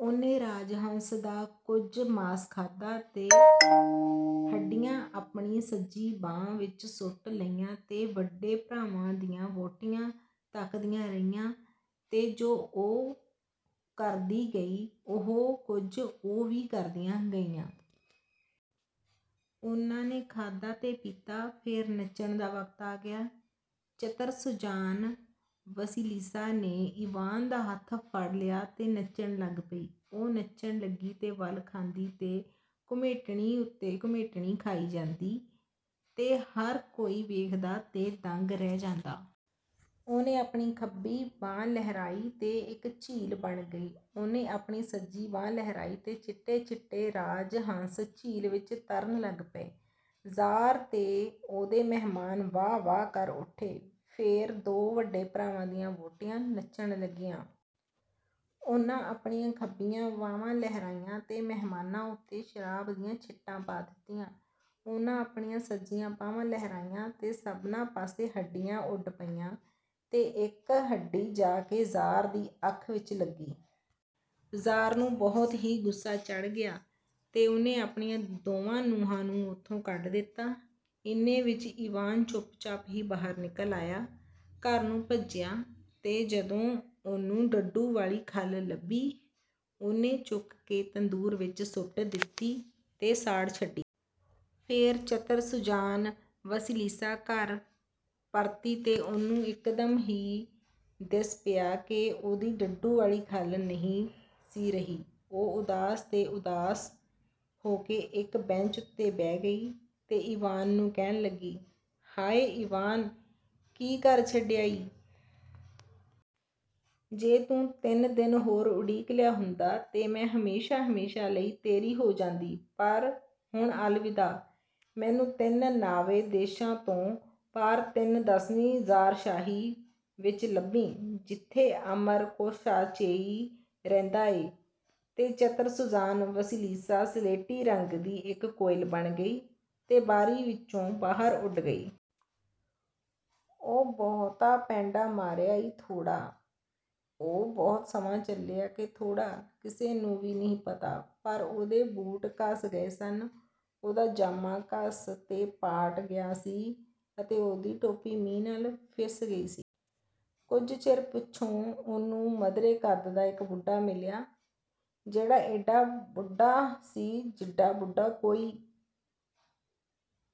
ਉਹਨੇ ਰਾਜ ਹੰਸ ਦਾ ਕੁਝ ਮਾਸ ਖਾਧਾ ਤੇ ਹੱਡੀਆਂ ਆਪਣੀ ਸੱਜੀ ਬਾਂਹ ਵਿੱਚ ਸੁੱਟ ਲਈਆਂ ਤੇ ਵੱਡੇ ਭਰਾਵਾਂ ਦੀਆਂ ਵਹੁਟੀਆਂ ਤੱਕਦੀਆਂ ਰਹੀਆਂ ਤੇ ਜੋ ਉਹ ਕਰਦੀ ਗਈ, ਉਹੋ ਕੁਝ ਉਹ ਵੀ ਕਰਦੀਆਂ ਗਈਆਂ। ਉਹਨਾਂ ਨੇ ਖਾਧਾ ਤੇ ਪੀਤਾ ਤੇ ਫੇਰ ਨੱਚਣ ਦਾ ਵਕਤ ਆ ਗਿਆ। ਚਤਰ-ਸੁਜਾਨ ਵਸਿਲੀਸਾ ਨੇ ਈਵਾਨ ਦਾ ਹੱਥ ਫੜ ਲਿਆ ਤੇ ਨੱਚਣ ਲੱਗ ਪਈ। ਉਹ ਨੱਚਣ ਲੱਗੀ ਤੇ ਵਲ ਖਾਂਦੀ ਤੇ ਘੁਮੇਟਣੀ ਉੱਤੇ ਘੁਮੇਟਣੀ ਖਾਈ ਜਾਂਦੀ, ਤੇ ਹਰ ਕੋਈ ਵੇਖਦਾ ਤੇ ਦੰਗ ਰਹਿ ਜਾਂਦਾ। ਉਹਨੇ ਆਪਣੀ ਖੱਬੀ ਬਾਂਹ ਲਹਿਰਾਈ ਤੇ ਇੱਕ ਝੀਲ ਬਣ ਗਈ। ਉਹਨੇ ਆਪਣੀ ਸੱਜੀ ਬਾਂਹ ਲਹਿਰਾਈ ਤੇ ਚਿੱਟੇ-ਚਿੱਟੇ ਰਾਜ ਹੰਸ ਝੀਲ ਵਿੱਚ ਤਰਨ ਲੱਗ ਪਏ। ਜ਼ਾਰ ਤੇ ਉਹਦੇ ਮਹਿਮਾਨ ਵਾਹ-ਵਾਹ ਕਰ ਉੱਠੇ। ਫੇਰ ਦੋ ਵੱਡੇ ਭਰਾਵਾਂ ਦੀਆਂ ਵਹੁਟੀਆਂ ਨੱਚਣ ਲੱਗੀਆਂ। ਉਹਨਾਂ ਆਪਣੀਆਂ ਖੱਬੀਆਂ ਬਾਹਵਾਂ ਲਹਿਰਾਈਆਂ ਤੇ ਮਹਿਮਾਨਾਂ ਉੱਤੇ ਸ਼ਰਾਬ ਦੀਆਂ ਛਿੱਟਾਂ ਪਾ ਦਿੱਤੀਆਂ। ਉਹਨਾਂ ਆਪਣੀਆਂ ਸੱਜੀਆਂ ਬਾਹਵਾਂ ਲਹਿਰਾਈਆਂ ਤੇ ਸਭਨਾਂ ਪਾਸੇ ਹੱਡੀਆਂ ਉੱਡ ਪਈਆਂ ਤੇ ਇੱਕ ਹੱਡੀ ਜਾ ਕੇ ਜ਼ਾਰ ਦੀ ਅੱਖ ਵਿੱਚ ਲੱਗੀ। ਜ਼ਾਰ ਨੂੰ ਬਹੁਤ ਹੀ ਗੁੱਸਾ ਚੜ੍ਹ ਗਿਆ ਤੇ ਉਹਨੇ ਆਪਣੀਆਂ ਦੋਵਾਂ ਨੂੰਹਾਂ ਨੂੰ ਉਥੋਂ ਕੱਢ ਦਿੱਤਾ। ਏਨੇ ਵਿੱਚ ਈਵਾਨ ਚੁੱਪਚਾਪ ਹੀ ਬਾਹਰ ਨਿਕਲ ਆਇਆ, ਘਰ ਨੂੰ ਭੱਜਿਆ ਤੇ ਜਦੋਂ ਉਹਨੂੰ ਡੱਡੂ ਵਾਲੀ ਖੱਲ ਲੱਭੀ, ਉਹਨੇ ਚੁੱਕ ਕੇ ਤੰਦੂਰ ਵਿੱਚ ਸੁੱਟ ਦਿੱਤੀ ਤੇ ਸਾੜ ਛੱਡੀ। ਫੇਰ ਚਤਰ-ਸੁਜਾਨ ਵਸਿਲੀਸਾ ਘਰ ਪਰਤੀ ਤੇ ਉਹਨੂੰ ਇਕਦਮ ਹੀ ਦਿਸ ਪਿਆ ਕਿ ਉਹਦੀ ਡੱਡੂ ਵਾਲੀ ਖੱਲ ਨਹੀਂ ਸੀ ਰਹੀ। ਉਹ ਉਦਾਸ ਤੇ ਉਦਾਸ ਹੋ ਕੇ ਇੱਕ ਬੈਂਚ ਉੱਤੇ ਬਹਿ ਗਈ ਤੇ ਈਵਾਨ ਨੂੰ ਕਹਿਣ ਲੱਗੀ, "ਹਾਇ, ਈਵਾਨ, ਕੀ ਕਰ ਛੱਡਿਆ ਈ? ਜੇ ਤੂੰ ਤਿੰਨ ਦਿਨ ਹੋਰ ਉਡੀਕ ਲਿਆ ਹੁੰਦਾ ਤੇ ਮੈਂ ਹਮੇਸ਼ਾਂ-ਹਮੇਸ਼ਾਂ ਲਈ ਤੇਰੀ ਹੋ ਜਾਂਦੀ। ਪਰ ਹੁਣ ਅਲਵਿਦਾ। ਮੈਨੂੰ ਤਿੰਨ-ਨਾਵੇ ਦੇਸ਼ਾਂ ਤੋਂ ਪਾਰ ਤਿੰਨ-ਦਸਵੀਂ ਜ਼ਾਰਸ਼ਾਹੀ ਵਿੱਚ ਲੱਭੀਂ, ਜਿੱਥੇ ਅਮਰ ਕੋਸ਼ਚੇਈ ਰਹਿੰਦਾ ਏ।" ਤੇ ਚਤਰ-ਸੁਜਾਨ ਵਸਿਲੀਸਾ ਸਲੇਟੀ ਰੰਗ ਦੀ ਇੱਕ ਕੋਇਲ ਬਣ ਗਈ ਤੇ ਬਾਰੀ ਵਿੱਚੋਂ ਬਾਹਰ ਉੱਡ ਗਈ। ਉਹ ਬਹੁਤਾ ਪੈਂਡਾ ਮਾਰਿਆ ਈ ਥੋੜ੍ਹਾ, ਉਹ ਬਹੁਤ ਸਮਾਂ ਚੱਲਿਆ ਕਿ ਥੋੜ੍ਹਾ, ਕਿਸੇ ਨੂੰ ਵੀ ਨਹੀਂ ਪਤਾ। ਪਰ ਉਹਦੇ ਬੂਟ ਘਸ ਗਏ ਸਨ, ਉਹਦਾ ਜਾਮਾ ਘਸ ਤੇ ਪਾਟ ਗਿਆ ਸੀ ਅਤੇ ਉਹਦੀ ਟੋਪੀ ਮੀਂਹ ਨਾਲ ਫਿੱਸ ਗਈ ਸੀ। ਕੁਝ ਚਿਰ ਪਿੱਛੋਂ ਉਹਨੂੰ ਮਧਰੇ ਕੱਦ ਦਾ ਇੱਕ ਬੁੱਢਾ ਮਿਲਿਆ, ਜਿਹੜਾ ਏਡਾ ਬੁੱਢਾ ਸੀ, ਜਿੱਡਾ ਬੁੱਢਾ ਕੋਈ